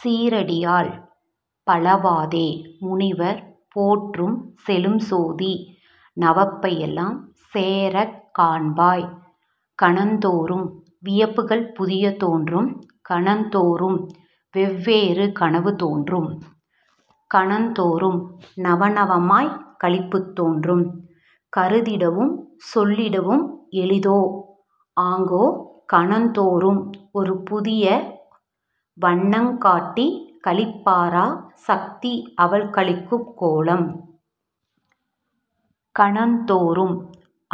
சீரடியால் பழவாதே முனிவர் போற்றுஞ் செழுஞ்சோதி நவப்பையெலாம் சேரக் காண்பாய். 'கணந்தோறும் வியப்புக்கள் புதிய தோன்றும்; கணந்தோறும் வெவ்வேறு கனவு தோன்றும்; கணந்தோறும் நவநவமாங் களிப்புத் தோன்றும்; கருதிடவும் சொல்லிடவும் எளிதோ? ஆங்கோ, கணந்தோறும் ஒருபுதிய வண்ணங் காட்டிக் காளிபரா சக்தி அவள் களிக்குங் கோலம்। கணந்தோறும்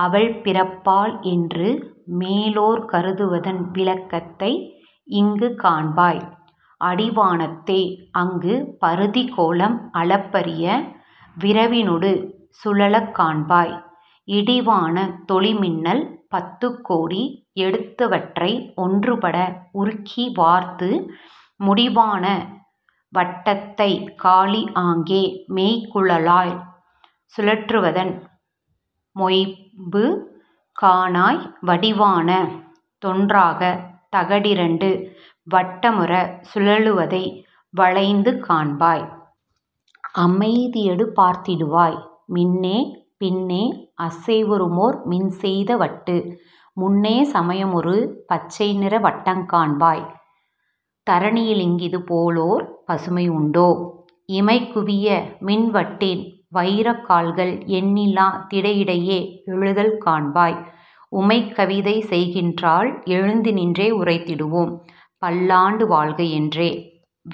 அவள் பிறப்பாள் என்று மேலோர் கருதுவதன் விளக்கத்தை இங்குக் காண்பாய். 'அடிவானத் தேஅங்கு பரிதிக் கோளம் அளப்பரிய விரைவினொடு சுழலக் காண்பாய் இடிவானத் தொளிமின்னல் பத்துக் கோடி எடுத்தவற்றை ஒன்றுபட உருக்கி வார்த்து, முடிவான வட்டத்தைக் காளி ஆங்கே மெய்குழலாய், சுழற்றுவதன் மொய்ம்பு காணாய்! வடிவான தொன்றாகத் தகடி ரண்டு வட்டமுறச் சுழலுவதை வளைந்து காண்பாய். அமைதியடு பார்த்திடுவாய் மின்னே! பின்னே அசைவுறுமோர் மின்செய்த வட்டு; முன்னே சமையுமொரு பச்சைநிற வட்டங் காண்பாய். தரணியிலிங் கிதுபோலோர் பசுமை உண்டோ? இமைகுவிய மின்வட்டின் வயிரக் கால்கள் எண்ணில்லா திடையிடையே எழுதல் காண்பாய்; உமை கவிதை செய்கின்றாள், எழுந்து நின்றே உரைத்திடுவோம்,''பல்லாண்டு வாழ்க! ''என்றே.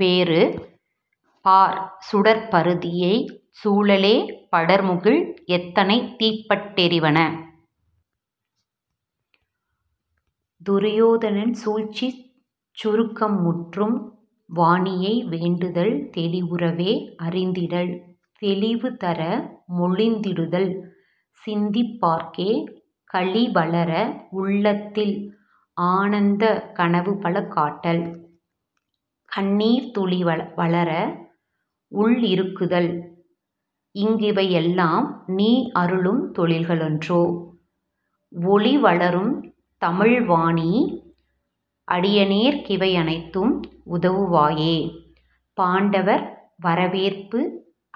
வேறு 'பார்; சுடர்ப்பரிதியைச் சூழவே படர்முகில் எத்தனை தீப்பட் டெரிவன? துரியோதனன் சூழ்ச்சிச் சுருக்கம் முற்றும். வாணியை வேண்டுதல் தெளிவுறவே அறிந்திடல்; தெளிவுதர மொழிந்திடுதல்; சிந்திப் பார்க்கே களிவளர உள்ளத்தில் ஆனந்தக் கனவுபல காட்டல், கண்ணீர்த் துளி வளரஉள் ளுருக்குதல், இங் கிவையெல்லாம் நீஅருளும் தொழில்க ளன்றோ? ஒளிவளருந் தமிழ் வாணீ! அடியனேற் கிவையனைத்தும் உதவு வாயே!. பாண்டவர் வரவேற்பு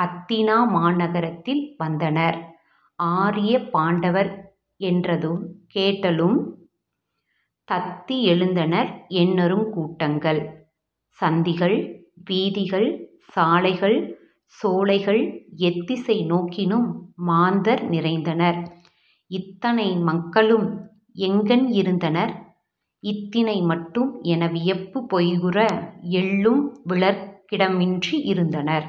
அத்தின மாநக ரத்தினில் வந்தனர் ஆரியப் பாண்டவர் என்றது கேட்டலும், தத்தி எழுந்தன எண்ணருங் கூட்டங்கள், சந்திகள், வீதிகள், சாலைகள், சோலைகள்; எத்திசை நோக்கினும் மாந்தர் நிறைந்தனர்; இத்தனை மக்களும் எங்கண் இருந்தனர் இத்தினை மட்டும் எனவியப் பெய்துற எள்ளும் விழற்கிட மின்றி யிருந்தார்.